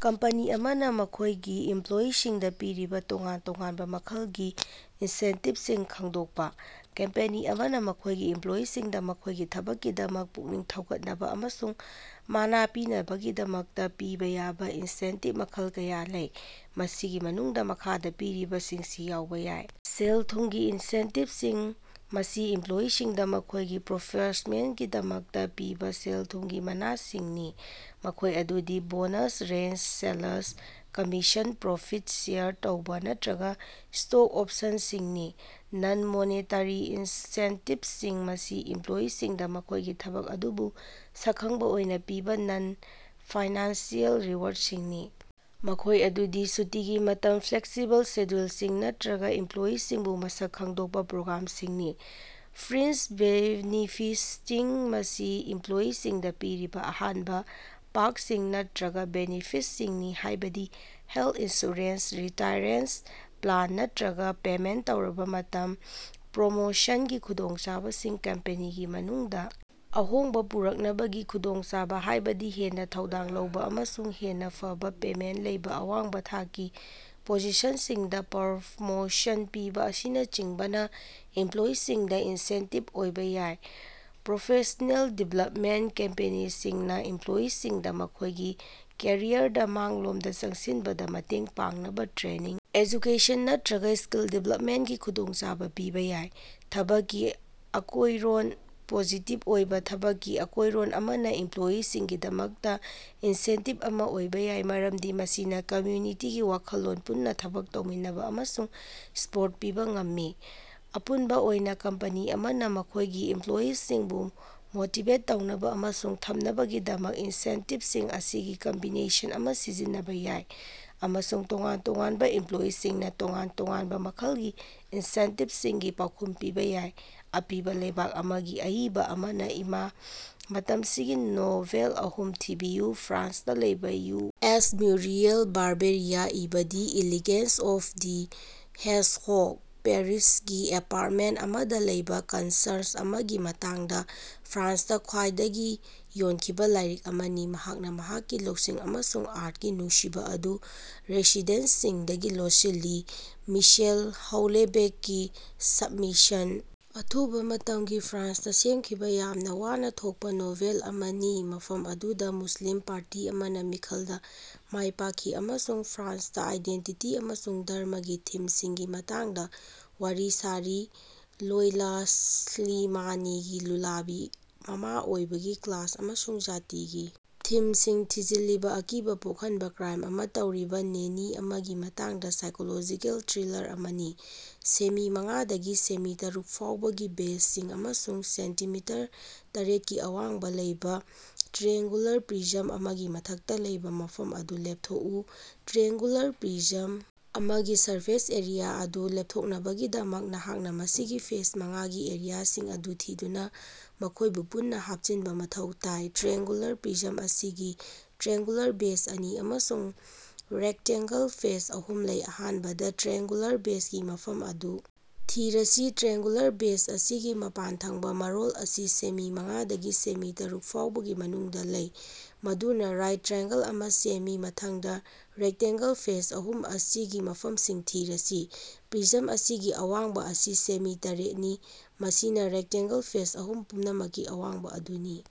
Company ꯑꯃꯅꯥ ꯃꯈꯣꯏꯒꯤ ꯏꯝꯄ꯭ꯂꯣꯌꯤꯁꯤꯡꯗꯥ ꯄꯤꯔꯤꯕꯥ ꯇꯣꯉꯥꯟ ꯇꯣꯉꯥꯟꯕꯥ ꯃꯈꯜꯒꯤ ꯏꯟꯁꯦꯟꯇꯤꯚꯁꯤꯡ ꯈꯪꯗꯣꯛꯄꯥ꯫ ꯀꯝꯄꯦꯅꯤ ꯑꯃꯅꯥ ꯃꯈꯣꯏꯒꯤ ꯏꯝꯄ꯭ꯂꯣꯌꯤꯁꯤꯡꯗꯥ ꯃꯈꯣꯏꯒꯤ ꯊꯕꯛꯀꯤꯗꯃꯛ ꯄꯨꯛꯅꯤꯡ ꯊꯧꯒꯠꯅꯕꯥ ꯑꯃꯁꯨꯡ ꯃꯅꯥ ꯄꯤꯅꯕꯒꯤꯗꯃꯛꯇꯥ ꯄꯤꯕꯥ ꯌꯥꯕꯥ ꯏꯟꯁꯦꯟꯇꯤꯕ ꯃꯈꯜ ꯀꯌꯥ ꯂꯩ꯫ ꯃꯁꯤꯒꯤ ꯃꯅꯨꯡꯗꯥ ꯃꯈꯥꯗꯥ ꯄꯤꯔꯤꯕꯁꯤꯡꯁꯤ ꯌꯥꯎꯕꯥ ꯌꯥꯏ: ꯁꯦꯜ-ꯊꯨꯝꯒꯤ ꯏꯟꯁꯦꯟꯇꯤꯚꯁꯤꯡ ꯃꯁꯤ ꯏꯝꯄ꯭ꯂꯣꯌꯤꯁꯤꯡꯗꯥ ꯃꯈꯣꯏꯒꯤ ꯄꯔꯐꯣꯃꯦꯟꯁꯀꯤꯗꯃꯛꯇꯥ ꯄꯤꯕꯥ ꯁꯦꯜ-ꯊꯨꯝꯒꯤ ꯃꯅꯥꯁꯤꯡꯅꯤ ꯃꯈꯣꯏ ꯑꯗꯨꯗꯤ bonus raise sales commission profit share ꯇꯧꯕ ꯅꯠꯇ꯭ꯔꯒꯥ ꯁ꯭ꯇꯣꯛ ꯑꯣꯞꯁꯟꯁꯤꯡꯅꯤ꯫ ꯅꯟ-ꯃꯣꯅꯦꯇꯥꯔꯤ ꯏꯟꯁꯦꯟꯇꯤꯚꯁꯤꯡ: ꯃꯁꯤ ꯏꯝꯄ꯭ꯂꯣꯌꯤꯁꯤꯡꯗꯥ ꯃꯈꯣꯏꯒꯤ ꯊꯕꯛ ꯑꯗꯨꯕꯨ ꯁꯛꯈꯪꯕꯥ ꯑꯣꯏꯅꯥ ꯄꯤꯕꯥ ꯅꯟ-ꯐꯥꯏꯅꯥꯟꯁꯤꯑꯦꯜ ꯔꯤꯋꯥꯔꯗꯁꯤꯡꯅꯤ ꯃꯈꯣꯏ ꯑꯗꯨꯗꯤ ꯁꯨꯇꯤꯒꯤ ꯃꯇꯝ ꯐ꯭ꯂꯦꯛꯁꯤꯕꯜ ꯁꯦꯗ꯭ꯌꯨꯜꯁꯤꯡ ꯅꯠꯇ꯭ꯔꯒꯥ ꯏꯝꯄ꯭ꯂꯣꯌꯤꯁꯤꯡꯕꯨ ꯃꯁꯛ ꯈꯪꯗꯣꯛꯄꯥ ꯄ꯭ꯔꯣꯒ꯭ꯔꯥꯝꯁꯤꯡꯅꯤ꯫ ꯐ꯭ꯔꯤꯟꯖ ꯕꯦꯅꯤꯐꯤꯇꯁꯤꯡ: ꯃꯁꯤ ꯏꯝꯄ꯭ꯂꯣꯌꯤꯁꯤꯡꯗꯥ ꯄꯤꯔꯤꯕꯥ ꯑꯍꯦꯟꯕꯥ ꯄꯥꯔꯀꯁꯤꯡ ꯅꯠꯇ꯭ꯔꯒꯥ ꯕꯦꯅꯤꯐꯤꯠꯁꯤꯡꯅꯤ ꯍꯥꯏꯕꯗꯤ ꯍꯦꯂꯊ ꯏꯟꯁꯨꯔꯦꯟꯁ ꯔꯤꯇꯥꯏꯔꯦꯁꯟ ꯄ꯭ꯂꯥꯟ ꯅꯠꯇ꯭ꯔꯒꯥ ꯄꯦꯃꯦꯟꯠ ꯇꯧꯔꯕꯥ ꯃꯇꯝ꯫ ꯄ꯭ꯔꯣꯃꯣꯁꯟꯒꯤ ꯈꯨꯗꯣꯡꯆꯥꯕꯁꯤꯡ: ꯀꯝꯄꯦꯅꯤꯒꯤ ꯃꯅꯨꯡꯗꯥ ꯑꯍꯣꯡꯕꯥ ꯄꯨꯔꯛꯅꯕꯒꯤ ꯈꯨꯗꯣꯡꯆꯥꯕꯥ ꯍꯥꯏꯕꯗꯤ ꯍꯦꯟꯅꯥ ꯊꯧꯗꯥꯡ ꯂꯧꯕꯥ ꯑꯃꯁꯨꯡ ꯍꯦꯟꯅꯥ ꯐꯕꯥ ꯄꯦꯃꯦꯟꯠ ꯂꯩꯕꯥ ꯑꯋꯥꯡꯕꯥ ꯊꯥꯛꯀꯤ ꯄꯣꯖꯤꯁꯟꯁꯤꯡꯗꯥ ꯄ꯭ꯔꯣꯃꯣꯁꯟ ꯄꯤꯕꯥ ꯑꯁꯤꯅꯆꯤꯡꯕꯅꯥ ꯏꯝꯄ꯭ꯂꯣꯌꯤꯁꯤꯡꯗꯥ ꯏꯟꯁꯦꯟꯇꯤꯕ ꯑꯣꯏꯕꯥ ꯌꯥꯏ꯫ ꯄ꯭ꯔꯣꯐꯦꯁ꯭ꯅꯦꯜ ꯗꯤꯕꯦꯂꯞꯃꯦꯟꯠ: ꯀꯝꯄꯦꯅꯤꯁꯤꯡꯅꯥ ꯏꯝꯄ꯭ꯂꯣꯌꯤꯁꯤꯡꯗꯥ ꯃꯈꯣꯏꯒꯤ ꯀꯦꯔꯤꯌꯔꯗꯥ ꯃꯥꯡꯂꯣꯝꯗꯥ ꯆꯪꯁꯤꯟꯕꯗꯥ ꯃꯇꯦꯡ ꯄꯥꯡꯅꯕꯥ ꯇ꯭ꯔꯦꯅꯤꯡ ꯑꯦꯖꯨꯀꯦꯁꯟ ꯅꯠꯇ꯭ꯔꯒꯥ ꯁ꯭ꯀꯤꯜ ꯗꯤꯕꯦꯂꯞꯃꯦꯟꯠꯀꯤ ꯈꯨꯗꯣꯡꯆꯥꯕꯥ ꯄꯤꯕꯥ ꯌꯥꯏ꯫ ꯊꯕꯛꯀꯤ ꯑꯀꯣꯏꯔꯣꯟ: ꯄꯣꯖꯤꯇꯤꯚ ꯑꯣꯏꯕꯥ ꯊꯕꯛꯀꯤ ꯑꯀꯣꯏꯔꯣꯟ ꯑꯃꯅꯥ ꯏꯝꯄ꯭ꯂꯣꯌꯤꯁꯤꯡꯒꯤꯗꯃꯛꯇꯥ ꯏꯟꯁꯦꯟꯇꯤꯚ ꯑꯃꯥ ꯑꯣꯏꯕꯥ ꯌꯥꯏ ꯃꯔꯝꯗꯤ ꯃꯁꯤꯅꯥ ꯀꯃ꯭ꯌꯨꯅꯤꯇꯤꯒꯤ ꯋꯥꯈꯜꯂꯣꯟ ꯄꯨꯟꯅꯥ ꯊꯕꯛ ꯇꯧꯃꯤꯟꯅꯕꯥ ꯑꯃꯁꯨꯡ ꯁꯄꯣꯔꯠ ꯄꯤꯕꯥ ꯉꯝꯃꯤ꯫ ꯑꯄꯨꯟꯕꯥ ꯑꯣꯏꯅꯥ ꯀꯝꯄꯅꯤ ꯑꯃꯅꯥ ꯃꯈꯣꯏꯒꯤ ꯏꯝꯄ꯭ꯂꯣꯌꯤꯁꯤꯡꯕꯨ ꯃꯣꯇꯤꯚꯦꯠ ꯇꯧꯅꯕꯥ ꯑꯃꯁꯨꯡ ꯊꯝꯅꯕꯒꯤꯗꯃꯛ ꯏꯟꯁꯦꯟꯇꯤꯚꯁꯤꯡ ꯑꯁꯤꯒꯤ ꯀꯝꯕꯤꯅꯦꯁꯟ ꯑꯃꯥ ꯁꯤꯖꯤꯟꯅꯕꯥ ꯌꯥꯏ ꯑꯃꯁꯨꯡ ꯇꯣꯉꯥꯟ ꯇꯣꯉꯥꯟꯕꯥ ꯏꯝꯄ꯭ꯂꯣꯌꯤꯁꯤꯡꯅꯥ ꯇꯣꯉꯥꯟ ꯇꯣꯉꯥꯟꯕꯥ ꯃꯈꯜꯒꯤ ꯏꯟꯁꯦꯟꯇꯤꯚꯁꯤꯡꯒꯤ ꯄꯥꯎꯈꯨꯝ ꯄꯤꯕꯥ ꯌꯥꯏ꯫ ꯑꯄꯤꯕꯥ ꯂꯩꯕꯥꯛ ꯑꯃꯒꯤ ꯑꯏꯕꯥ ꯑꯃꯅꯥ ꯏꯕꯥ ꯃꯇꯝꯁꯤꯒꯤ ꯅꯣꯚꯦꯜ ꯑꯍꯨꯝ ꯊꯤꯕꯤꯌꯨ꯫ ꯐ꯭ꯔꯥꯟꯁꯇꯥ ꯂꯩꯕꯥ ꯌꯨ. ꯑꯦꯁ ꯃꯨꯔꯤꯑꯦꯜ ꯕꯥꯔꯕꯦꯔꯤꯅꯥ ꯏꯕꯥ the elegance of the hedgehog ꯄꯦꯔꯤꯁꯀꯤ ꯑꯦꯄꯥꯔꯠꯃꯦꯟꯠ ꯑꯃꯗꯥ ꯂꯩꯕꯥ ꯀꯟꯁꯔꯖ ꯑꯃꯒꯤ ꯃꯇꯥꯡꯗꯥ ꯐ꯭ꯔꯥꯟꯁꯇꯥ ꯈ꯭ꯋꯥꯏꯗꯒꯤ ꯌꯣꯟꯈꯤꯕꯥ ꯂꯥꯏꯔꯤꯛ ꯑꯃꯅꯤ ꯃꯍꯥꯛꯅꯥ ꯃꯍꯥꯛꯀꯤ ꯂꯧꯁꯤꯡ ꯑꯃꯁꯨꯡ ꯑꯥꯔꯠꯀꯤ ꯅꯨꯡꯁꯤꯕꯥ ꯑꯗꯨ ꯔꯦꯁꯤꯗꯦꯟꯠꯁꯤꯡꯗꯒꯤ ꯂꯣꯠꯁꯤꯜꯂꯤ꯫ ꯃꯤꯁꯦꯜ ꯍꯧꯂꯦꯕꯦꯛꯀꯤ ꯁꯕꯃꯤꯁꯟ ꯑꯊꯨꯕꯥ ꯃꯇꯝꯒꯤ ꯐ꯭ꯔꯥꯟꯁꯇꯥ ꯁꯦꯃꯈꯤꯕꯥ ꯌꯥꯝꯅꯥ ꯋꯥꯅꯥ ꯊꯣꯀꯄꯥ ꯅꯣꯚꯦꯜ ꯑꯃꯅꯤ ꯃꯐꯝ ꯑꯗꯨꯗꯥ ꯃꯨꯁꯂꯤꯝ ꯄꯥꯔꯇꯤ ꯑꯃꯅꯥ ꯃꯤꯈꯜꯗꯥ ꯃꯥꯏꯄꯥꯛꯈꯤ ꯑꯃꯁꯨꯡ ꯐ꯭ꯔꯥꯟꯁꯇꯥ ꯑꯥꯏꯗꯦꯟꯇꯤꯇꯤ ꯑꯃꯁꯨꯡ ꯙꯔꯝꯃꯒꯤ ꯊꯤꯝꯁꯤꯡꯒꯤ ꯃꯇꯥꯡꯗꯥ ꯋꯥꯔꯤ ꯁꯥꯔꯤ꯫ ꯂꯦꯏꯂꯥ ꯁ꯭ꯂꯤꯃꯥꯅꯤꯒꯤ ꯂꯨꯂꯥꯕꯤ ꯃꯃꯥ ꯑꯣꯏꯕꯒꯤ ꯀ꯭ꯂꯥꯁ ꯑꯃꯁꯨꯡ ꯖꯥꯇꯤꯒꯤ ꯊꯤꯝꯁꯤꯡ ꯊꯤꯖꯤꯜꯂꯤꯕꯥ ꯑꯀꯤꯕꯥ ꯄꯣꯛꯍꯟꯕꯥ ꯀ꯭ꯔꯥꯏꯝ ꯑꯃꯥ ꯇꯧꯔꯤꯕꯥ ꯅꯦꯅꯤ ꯑꯃꯒꯤ ꯃꯇꯥꯡꯗꯥ ꯁꯥꯏꯀꯣꯂꯣꯖꯤꯀꯦꯜ ꯊ꯭ꯔꯤꯂꯥꯔ ꯑꯃꯅꯤ꯫ ꯁꯦꯃꯤ ꯃꯉꯥꯗꯒꯤ ꯁꯦꯃꯤ ꯇꯔꯨꯛꯐꯥꯎꯕꯒꯤ ꯕꯦꯖꯁꯤꯡ ꯑꯃꯁꯨꯡ ꯁꯦꯟꯇꯤꯃꯤꯇꯔ ꯇꯔꯦꯠꯀꯤ ꯑꯋꯥꯡꯕꯥ ꯂꯩꯕꯥ ꯇ꯭ꯔꯤꯑꯦꯡꯒꯨꯂꯥꯔ ꯄ꯭ꯔꯤꯖꯝ ꯑꯃꯒꯤ ꯃꯊꯛꯇꯥ ꯂꯩꯕꯥ ꯃꯐꯝ ꯑꯗꯨ ꯂꯦꯞꯊꯣꯛꯎ꯫ ꯇ꯭ꯔꯤꯑꯦꯡꯒꯨꯂꯥꯔ ꯄ꯭ꯔꯤꯖꯝ ꯑꯃꯒꯤ ꯁꯔꯐꯦꯁ ꯑꯦꯔꯤꯌꯥ ꯑꯗꯨ ꯂꯦꯞꯊꯣꯛꯅꯕꯒꯤꯗꯃꯛ ꯅꯍꯥꯛꯅꯥ ꯃꯁꯤꯒꯤ ꯐꯦꯁ ꯃꯉꯥꯒꯤ ꯑꯦꯔꯤꯌꯥꯁꯤꯡ ꯑꯗꯨ ꯊꯤꯗꯨꯅꯥ ꯃꯈꯣꯏꯕꯨ ꯄꯨꯟꯅꯥ ꯍꯥꯞꯆꯤꯟꯕꯥ ꯃꯊꯧ ꯇꯥꯏ꯫ ꯇ꯭ꯔꯤꯑꯦꯡꯒꯨꯂꯥꯔ ꯄ꯭ꯔꯤꯖꯝ ꯑꯁꯤꯒꯤ ꯇ꯭ꯔꯤꯑꯦꯡꯒꯨꯂꯥꯔ ꯕꯦꯖ ꯑꯅꯤ ꯑꯃꯁꯨꯡ ꯔꯦꯛꯇꯦꯟꯒꯜ ꯐꯦꯁ ꯑꯍꯨꯝ ꯂꯩ꯫ ꯑꯍꯥꯟꯕꯗꯥ ꯇ꯭ꯔꯤꯑꯦꯡꯒꯨꯂꯥꯔ ꯕꯦꯖꯒꯤ ꯃꯐꯝ ꯑꯗꯨ ꯊꯤꯔꯁꯤ꯫ ꯇ꯭ꯔꯤꯑꯦꯡꯒꯨꯂꯥꯔ ꯕꯦꯖ ꯑꯁꯤꯒꯤ ꯃꯄꯥꯟꯊꯪꯕꯥ ꯃꯔꯣꯜ ꯑꯁꯤ ꯁꯦꯃꯤ ꯃꯉꯥꯗꯒꯤ ꯁꯦꯃꯤ ꯇꯔꯨꯛ ꯐꯥꯎꯕꯒꯤ ꯃꯅꯨꯡꯗꯥ ꯂꯩ ꯃꯗꯨꯅꯥ ꯔꯥꯏꯠ ꯇ꯭ꯔꯥꯏꯑꯦꯡꯒꯜ ꯑꯃꯥ ꯁꯦꯝꯃꯤ꯫ ꯃꯊꯪꯗꯥ ꯔꯦꯛꯇꯦꯟꯒꯜ ꯐꯦꯁ ꯑꯍꯨꯝ ꯑꯁꯤꯒꯤ ꯃꯐꯝꯁꯤꯡ ꯊꯤꯔꯁꯤ꯫ ꯄ꯭ꯔꯤꯖꯝ ꯑꯁꯤꯒꯤ ꯑꯋꯥꯡꯕꯥ ꯑꯁꯤ ꯁꯦꯃꯤ ꯇꯔꯦꯠꯅꯤ ꯃꯁꯤꯅꯥ ꯔꯦꯛꯇꯦꯟꯒꯜ ꯐꯦꯁ ꯑꯍꯨꯝ ꯄꯨꯝꯅꯃꯛꯀꯤ ꯑꯋꯥꯡꯕꯥ ꯑꯗꯨꯅꯤ꯫